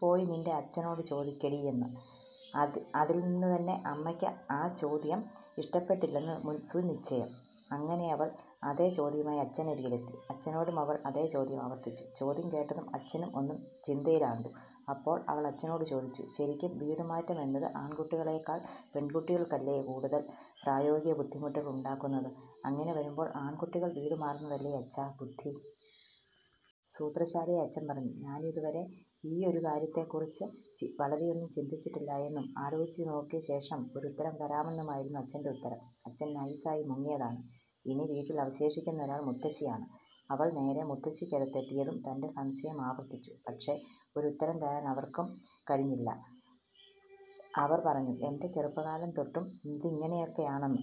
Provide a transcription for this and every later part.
പോയി നിന്റെ അച്ഛനോടു ചോദിക്കടിയെന്ന്….! അതിൽ നിന്നു തന്നെ അമ്മക്ക് ആ ചോദ്യം ഇഷ്ടപ്പെട്ടിട്ടില്ലെന്ന് സുനിശ്ചയം…! അങ്ങിനെയവൾ അതെ ചോദ്യവുമായി അച്ഛനരുകിലെത്തി…, അച്ഛനോടുമവൾ അതെ ചോദ്യം ആവർത്തിച്ചു…, ചോദ്യം കേട്ടതും അച്ഛനും ഒന്നു ചിന്തയിലാണ്ടൂ…., അപ്പോൾ അവളച്ഛനോടു ചോദിച്ചു…., ശരിക്കും വീടുമാറ്റം എന്നത് ആൺക്കുട്ടികളേക്കാൾ പെൺക്കുട്ടികൾക്കല്ലെ കൂടുതൽ പ്രായോഗിക ബുദ്ധിമുട്ടുകൾ ഉണ്ടാക്കുന്നത് അങ്ങിനെ വരുമ്പോൾ ആൺക്കുട്ടികൾ വീടുമാറുന്നതല്ലെ അച്ഛാ ബുദ്ധി…??? സൂത്രശാലിയായ അച്ഛൻ പറഞ്ഞു ഞാനിതു വരെ ഈയൊരു കാര്യത്തെക്കുറിച്ച് വളരെയൊന്നും ചിന്തിച്ചിട്ടില്ലായെന്നും, ആലോചിച്ചു നോക്കിയ ശേഷം ഒരു ഉത്തരം തരാമെന്നുമായിരുന്നു അച്ഛന്റെ ഉത്തരം…! അച്ഛൻ നൈസായി മുങ്ങിയതാണ്….!! ഇനി വീട്ടിൽ അവശേഷിക്കുന്നൊരാൾ മുത്തശ്ശിയാണ്…, അവൾ നേരെ മുത്തശ്ശിക്കടുത്തെത്തിയും തന്റെ സംശയം ആവർത്തിച്ചു….! പക്ഷെ ഒരുത്തരം തരാൻ അവർക്കും കഴിഞ്ഞില്ല…, അവർ പറഞ്ഞു എന്റെ ചെറുപ്പക്കാലം തൊട്ടും ഇതിങ്ങനെയൊക്കെയാണെന്ന്….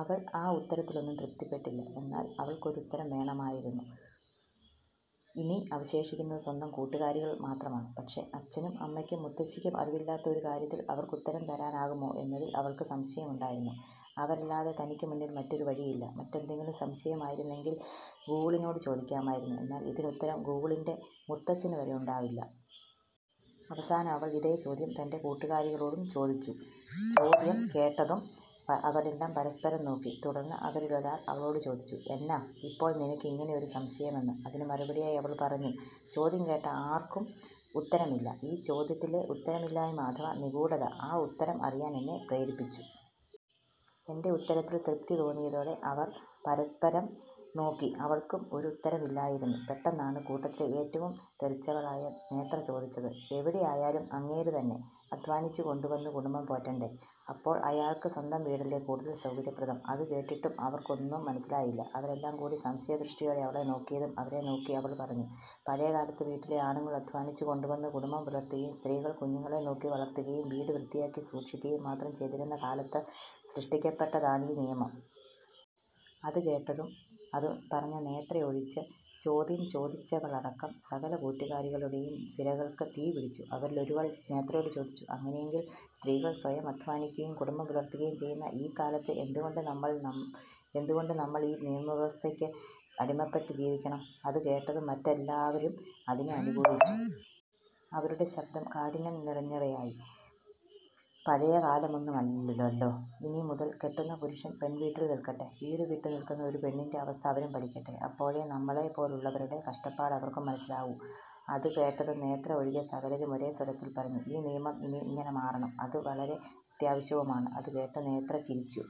അവൾ ആ ഉത്തരത്തിലൊന്നും തൃപ്തിപ്പെട്ടില്ല…, എന്നാൽ അവൾക്കൊരുത്തരം വേണമായിരുന്നു…, ഇനി അവശേഷിക്കുന്നത് സ്വന്തം കൂട്ടുക്കാരികൾ മാത്രമാണ് പക്ഷെ അച്ഛനും അമ്മക്കും മുത്തശ്ശിക്കും അറിവില്ലാത്ത ഒരു കാര്യത്തിൽ അവർക്കുത്തരം തരാനാവുമോ എന്നതിൽ അവൾക്ക് സംശയമുണ്ടായിരുന്നു…! അവരല്ലാതെ തനിക്കു മുന്നിൽ മറ്റൊരു വഴിയില്ല മറ്റെന്തെങ്കിലും സംശയമായിരുന്നെങ്കിൽ ഗൂഗിളിനോടു ചോദിക്കായിരുന്നു എന്നാൽ ഇതിനുത്തരം ഗൂഗിളിന്റെ മുത്തച്ഛനു വരെ ഉണ്ടാവില്ല…! അവസാനം അവൾ ഇതെ ചോദ്യം തന്റെ കൂട്ടുക്കാരികളോടും ചോദിച്ചു…!! ചോദ്യം കേട്ടതും അവരെല്ലാം പരസ്പരം നോക്കി തുടർന്ന് അവരിലൊരുവൾ അവളോടു ചോദിച്ചു.., എന്നാ ഇപ്പോൾ നിനക്ക് ഇങ്ങനെ ഒരു സംശയമെന്ന്..??? അതിനു മറുപടിയായി അവൾ പറഞ്ഞു ചോദ്യം കേട്ട ആർക്കും ഉത്തരമില്ല…, ഈ ചോദ്യത്തിലെ ഉത്തരമില്ലായ്മ അഥവ നിഗൂഢത ആ ഉത്തരം അറിയാൻ എന്നെ പ്രേരിപ്പിച്ചു…..! എന്റെ ഉത്തരത്തിൽ തൃപ്തി തോന്നിയതോടെ അവർ പരസ്പരം നോക്കി അവർക്കും ഒരു ഉത്തരമില്ലായിരുന്നു….! പെട്ടന്നാണ് കൂട്ടത്തിലെ ഏറ്റവും തെറിച്ചവളായ നേത്ര ചോദിച്ചത്…! എവിടെ ആയാലും അങ്ങേരു തന്നെ അദ്ധ്വാനിച്ചു കൊണ്ടു വന്നു കുടുംബം പോറ്റണ്ടേ…??? അപ്പോൾ അയാൾക്ക് സ്വന്തം വീടല്ലെ കൂടുതൽ സൗകര്യപ്രദം….??? അതു കേട്ടിട്ടും അവർക്കൊന്നും മനസിലായില്ല അവരെല്ലാം കൂടി സംശയദൃഷ്ടിയോടെ അവളെ നോക്കിയതും അവരെ നോക്കി അവൾ പറഞ്ഞു…, പഴയക്കാലത്ത്…, വീട്ടിലെ ആണുങ്ങൾ അദ്ധ്വാനിച്ചു കൊണ്ടുവന്നു കുടുംബം പുലർത്തുകയും…, സ്ത്രീകൾ കുഞ്ഞുങ്ങളെ നോക്കി വളർത്തുകയും വീട് വ്യത്തിയായി സൂക്ഷിക്കുകയും മാത്രം ചെയ്തിരുന്ന കാലത്ത് സൃഷ്ടിക്കപ്പെട്ടതാണീ നിയമം…!! അതു കേട്ടതും അതു പറഞ്ഞ നേത്ര ഒഴിച്ച് ചോദ്യം ചോദിച്ചവളടക്കം സകല കൂട്ടുക്കാരികളുടെയും സിരകൾക്ക് തീപിടിച്ചു…, അവരിലൊരുവൾ നേത്രയോടു ചോദിച്ചു അങ്ങിനെയെങ്കിൽ സ്ത്രീകൾ സ്വയം അദ്ധ്വാനിക്കുകയും കുടുംബം പുലർത്തുകയും ചെയ്യുന്ന ഈ കാലത്ത് എന്തു കൊണ്ട് നമ്മൾ ഈ നിയമവ്യവസ്ഥക്ക് അടിമപ്പെട്ട് ജീവിക്കണം…??? അതു കേട്ടതും മറ്റെല്ലാവരും അതിനെ അനുകൂലിച്ചു…., അവരുടെ ശബ്ദം കാഠിന്യം നിറഞ്ഞവയായി…, പഴയക്കാലമൊന്നുമല്ലല്ലൊ…? ഇനി മുതൽ കെട്ടുന്ന പുരുഷൻ പെൺവീട്ടിൽ നിൽക്കട്ടെ വീടു വിട്ടു നിൽക്കുന്ന ഒരു പെണ്ണിന്റെ അവസ്ഥ അവരും പഠിക്കട്ടെ, അപ്പോഴെ നമ്മളെ പോലുള്ളവരുടെ കഷ്ടപ്പാട് അവർക്കും മനസിലാവൂ…! അതു കേട്ടതും നേത്ര ഒഴികെ സകലരും ഒരെ സ്വരത്തിൽ പറഞ്ഞു…, ഈ നിയമം ഇനി ഇങ്ങനെ മാറണം…!! അതു വളരെ ആവശ്യവുമാണ്….! അതു കേട്ട് നേത്ര ചിരിച്ചു